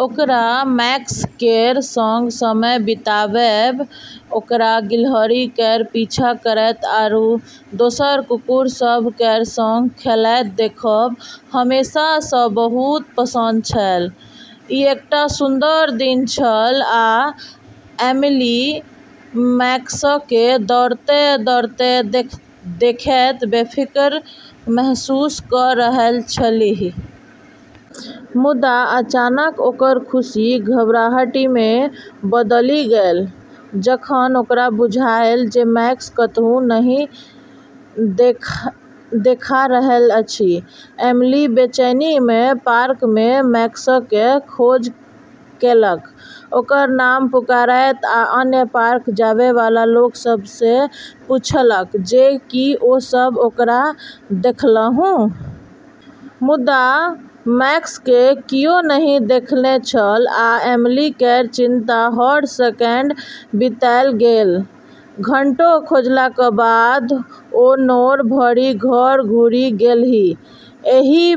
ओकरा मैक्स केर संग समय बिताबै, ओकरा गिलहरी केर पीछा करैत आरू दोसर कुकुर सभ केर संग खेलैत देखब हमेशासँ बहुत पसंद छेलै। ई एकटा सुन्दर दिन छल, आ एमिली मैक्सकेँ दौड़ैत-दौड़ैत देखैत बेफिक्र महसूस कऽ रहल छलीह। मुदा अचानक ओकर खुशी घबराहटिमे बदलि गेलै जखन ओकरा बुझायल जे मैक्स कतहु नहि देखा रहल अछि। एमिली बेचैनीमे पार्कमे मैक्सकेँ खोज केलक, ओकर नाम पुकारैत आ अन्य पार्क जाबैवाला लोक सभसँ पूछलक जे की ओ सभ ओकरा देखलहुँ। मुदा मैक्सकेँ कियो नहि देखने छल, आ एमिली केर चिंता हर सेकेंड बीतैत गेलै। घंटों खोजलाक बाद ओ नोर भरि घर घुरि गेलीह, एहि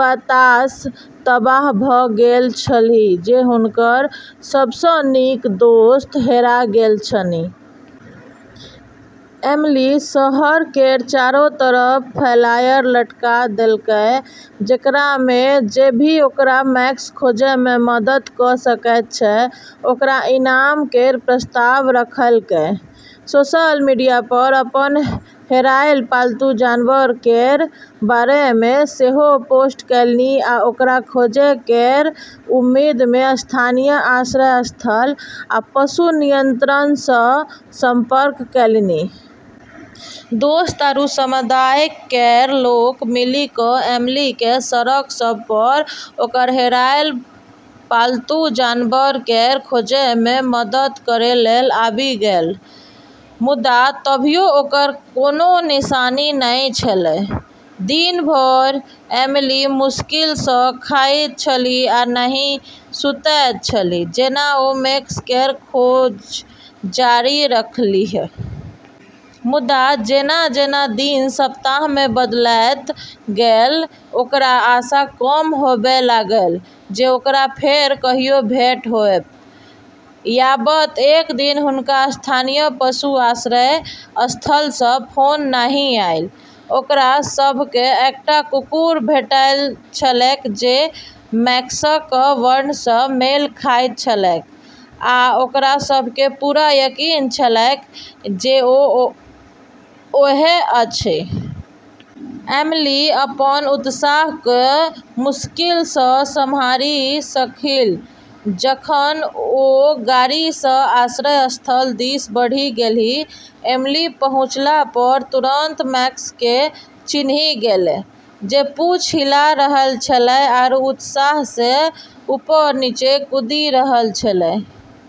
बातसँ तबाह भऽ गेल छलीह जे हुनकर सबसँ नीक दोस्त हेरा गेल छनि। एमिली शहर केर चारो तरफ फ्लायर लटका देलकै, जेकरामे जे भी ओकरा मैक्स खोजैमे मदद कऽ सकैत छै ओकरा इनाम केर प्रस्ताव रखलकै। सोशल मीडियापर अपन हेरायल पालतू जानवर केर बारेमे सेहो पोस्ट केलनि आ ओकरा खोजै केर उम्मीदमे स्थानीय आश्रय स्थल आ पशु नियंत्रणसँ संपर्क केलनि। दोस्त आरू समुदाय केर लोक मिलि कऽ एमिलीकेँ सड़क सभपर ओकर हेरायल पालतू जानवर केर खोजमे मदद करै लेल आबि गेलै, मुदा तभियो ओकर कोनो निशानी नहि छेलै। दिन भरि एमिली मुश्किलसँ खाइत छलीह आ नहि सुतैत छलीह जेना ओ मैक्स केर खोज जारी रखलीह। मुदा जेना-जेना दिन सप्ताहमे बदलैत गेलै, ओकरा आशा कम होबै लागलै जे ओकरा फेर कहियो भेट होएत। याबत एक दिन हुनका स्थानीय पशु आश्रय स्थलसँ फोन नहि आयल। ओकरा सभकेँ एकटा कुकुर भेटल छलैक जे मैक्सक वर्णनसँ मेल खाइत छलैक, आ ओकरा सभकेँ पूरा यकीन छलैक जे ओ ओएह अछि। एमिली अपन उत्साहकेँ मुश्किलसँ सम्हारि सकलीह जखन ओ गाड़ीसँ आश्रय स्थल दिस बढ़ि गेलीह। एमिली पहुँचलापर तुरंत मैक्सकेँ चिन्हि गेलै, जे पूँछ हिला रहल छेलै आरू उत्साहसँ ऊपर-नीचे कूदि रहल छेलै।